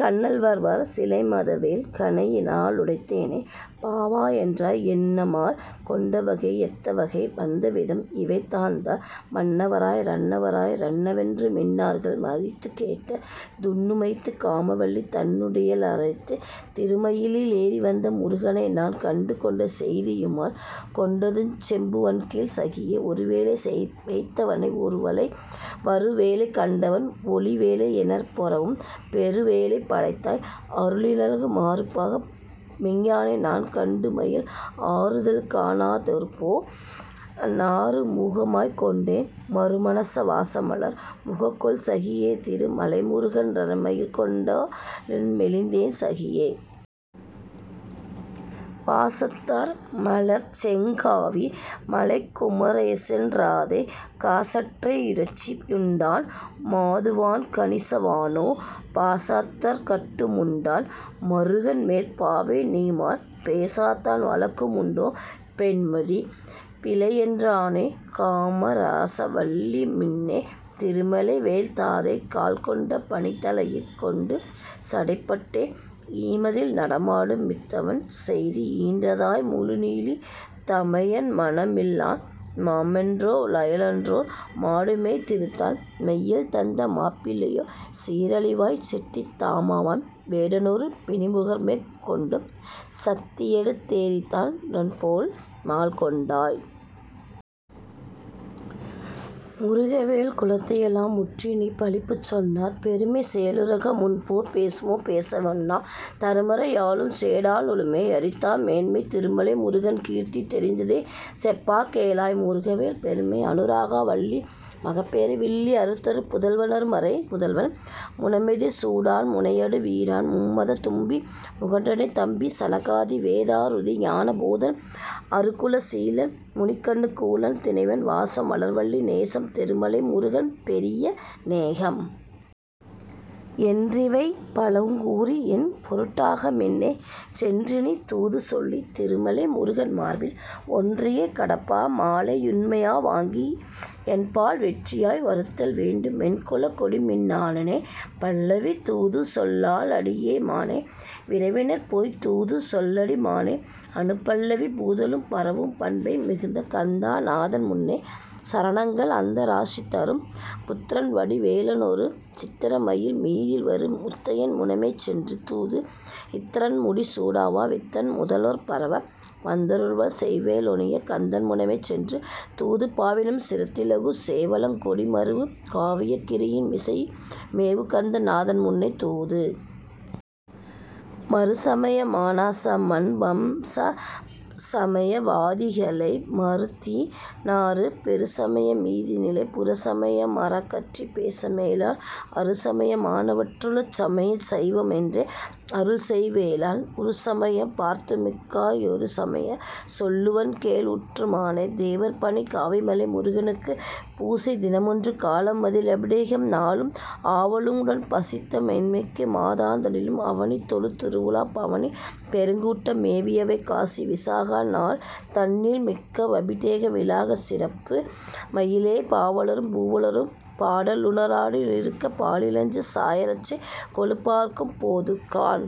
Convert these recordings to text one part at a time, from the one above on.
கன்னல்வார் சிலைமதவேள் கணையினா லுடைந்தேனே காவா யென்றாய் என்னமால் கொண்டவகை யெந்தவகை வந்தவிதம் இவைதாந் தந்த மன்னவரா ரன்னவர்பே ரென்னவென்று மின்னார்கள் மறித்துக் கேட்கத்। துன்னுமயிற் காமவல்லி தன்னுடைய மையறனைச் திருமயிலி லேறிவந்த முருகனைநான் கண்டுகொண்ட செய்தியுமால் கொண்டதுவுஞ் செப்புவன்கேள் சகியே ஒருவேலை வைத்தவனை வருவேலை கண்டவுடன் ஒலிவேலை யெனப்பொரவும் பெருவேலை படைத்தாய் அறுளிலகு மாறுமுக மெய்யனைநான் கண்டுமயல் ஆறுதல்கா ணாதொருபோ தாறுமுகமாய்க் கொண்டேன் மருமனச வாசமலர் முகங்கொள்சகி யேதிரு மலைமுருகன் றருமயல்கொண் டுளமெலிந்தேன் சகியே..... வாசத்தார் மலர்ச்செங் காவி மலைக்குமரேசன் றாதை காசற்றா னிறைச்சி யுண்டான் மாதுவன் கணிச வானோ பாசத்தாற் கட்டு முண்டான் மருகன்மேற் பாவை நீமால் பேசத்தான் வழக்கு முண்டோ பெண்மதி பிழையென்றானே..... காமரச வல்லிமின்னே திருமலைவேள் தாதை கால்கொண்ட பணிதலையிற் கொண்டுசடைப் பட்டே ஈமமதில் நடமாடு பித்தனவன் செய்தி ஈன்றதாய் முழுநீலி தமயன்மண மில்லான் மாமனென்றா லாயனென்றார் மாடுமேய்த் திருந்தான் மையல்தந்த மாப்பிள்ளையோ சீரலைவாய்ச் செட்டி தாமவன வேடனுறு பிணிமுகமேற் கொண்டும் சத்தியெடுத் தேதிரிந்தான் றன்மேல் மால்கொண்டாய்..... முருகவேள் குலத்தையெல்லா முற்றிநீ பழிப்புச் சொன்னாற் பெருமைசே ருலக முன்போற் பேசுமோ பேச வொண்ணா தருமறை யாலுஞ் சேட னாலுமே யரிதா மேன்மைத் திருமலை முருகன் கீர்த்தி தெரிந்தது செப்பக் கேளாய்..... முருகவேள் பெருமை அனுராக வல்லி மகமேரு வில்லி அருள்தரு புதல்வ னருமறை முதல்வன் முனமெதிர் சூரன் முனையடு வீரன் மும்மதத் தும்பி முகன்றுணைத் தம்பி சனகாதி வேதன் றுதிஞான போதன் அருட்குண சீலன் முனிக்கனு கூலன் தினைவன வாசம் வளர்வல்லி நேசன் திருமலை முருகன் பெருமைய நேகம்..... என்றிவை பலவுங் கூறி யென்பொருட் டாக மின்னே சென்றுநீ தூதுசொல்லித் திருமலை முருகன் மார்பில் ஒன்றிய கடப்ப மாலை யுண்மையா வாங்கி யென்பால் வென்றியாய் வருதல்வேண்டு மென்குலக் கொடிமின் னானே..... பல்லவி தூதுசொல் லடியோ மானே விரைவினிற்போய்த் தூது சொல்லடி மானே அநுபல்லவி பூதலம் பரவு பண்பை மீதுகந்த நாதன்முன்னே சரணங்கள் அத்தநா ரீசர்தரு புத்ரன்வடி வேலனொரு சித்ரமயில் மீதில்வரு முத்தையன் முனமேசென்று தூது இந்த்ரன்முடி சூடவர விந்தன் முத லோற்பரவ வந்தருள் செய் வேலனெழிற் கந்தன் முனமேசென்று தூது பாவினஞ் சிறந்திலகு சேவலங் கொடிமருவு காவியங் கிரியின்மிசை மேவுகந்த நாதன்முன்னே தூது.... மறுசமய மானசமண் வஞ்சமய வாதிகளை மறுத்தீ ராறு பெறுசமய மீதினிலே புறச்சமய மாறகற்றிப் பேச மேலாம் அறுசமய மானவற்று ளருட் சமயஞ் சைவமென்றே அருள்செய் வேலன் உறுசமயம் பார்த்துமிக்கா யொருசமயஞ் சொல்லுவன்கேள் உற்று மானே..... தேவர்பணி காவிமலை முருகனுக்குப் பூசை தினமாறு காலமதி லபிடேகம் நாலு ஆவலுட னைப்பசியுந் தைமாதந் தனிலும் அவனிதொழுந் திருவுலாப் பவனிபெருங் கூட்டம் மேவியவை காசி விசாகநாள் தன்னில் மிக்காக வபிடேக விழாச்சிறப்பு மயிலே பாவலரும் பூவலரும் பாடலுட னாடலிரு பாலிலருஞ் சாயரட்சை கொலுப்பார்க்கும் பொதுக்காண்....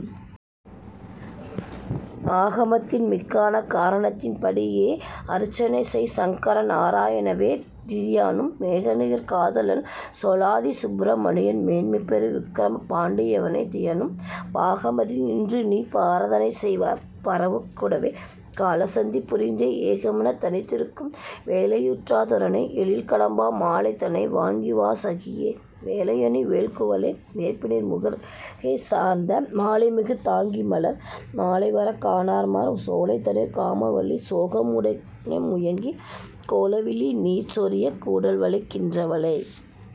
ஆகமத்தின் மிக்கான காரணத்தின் படியே அருச்சனைசெய் சங்கரநா ராயணெனவே தியனும் மேகநிகர் காதலன்சொ லாதிசுப்பி ரமணியன் மேன்மைபெறு விக்கிரம பாண்டியவே தியனும் பாகமதில் நின்றுநீ பாராதனை செய்வார் பகரவுங் கூடாது காலசந்தி புரிந்தே ஏகமெனத் தனித்திருக்கும் வேளையிற்றூ துரைத்தே எழிற்கடப்ப மாலைதனை வாங்கிவா சகியே..... வேலையணி வேள்குவளை வெற்பின்முரு கேசர்தந்த மாலைமிகத் தாங்கிமலர் மாலைவரக் காணாமற் சோலைதனிற் காமவல்லி சோகமுட னேமுயங்கிக் கோலவிழி நீர்சொரியக் கூடல்வளைக் கின்றாளே.....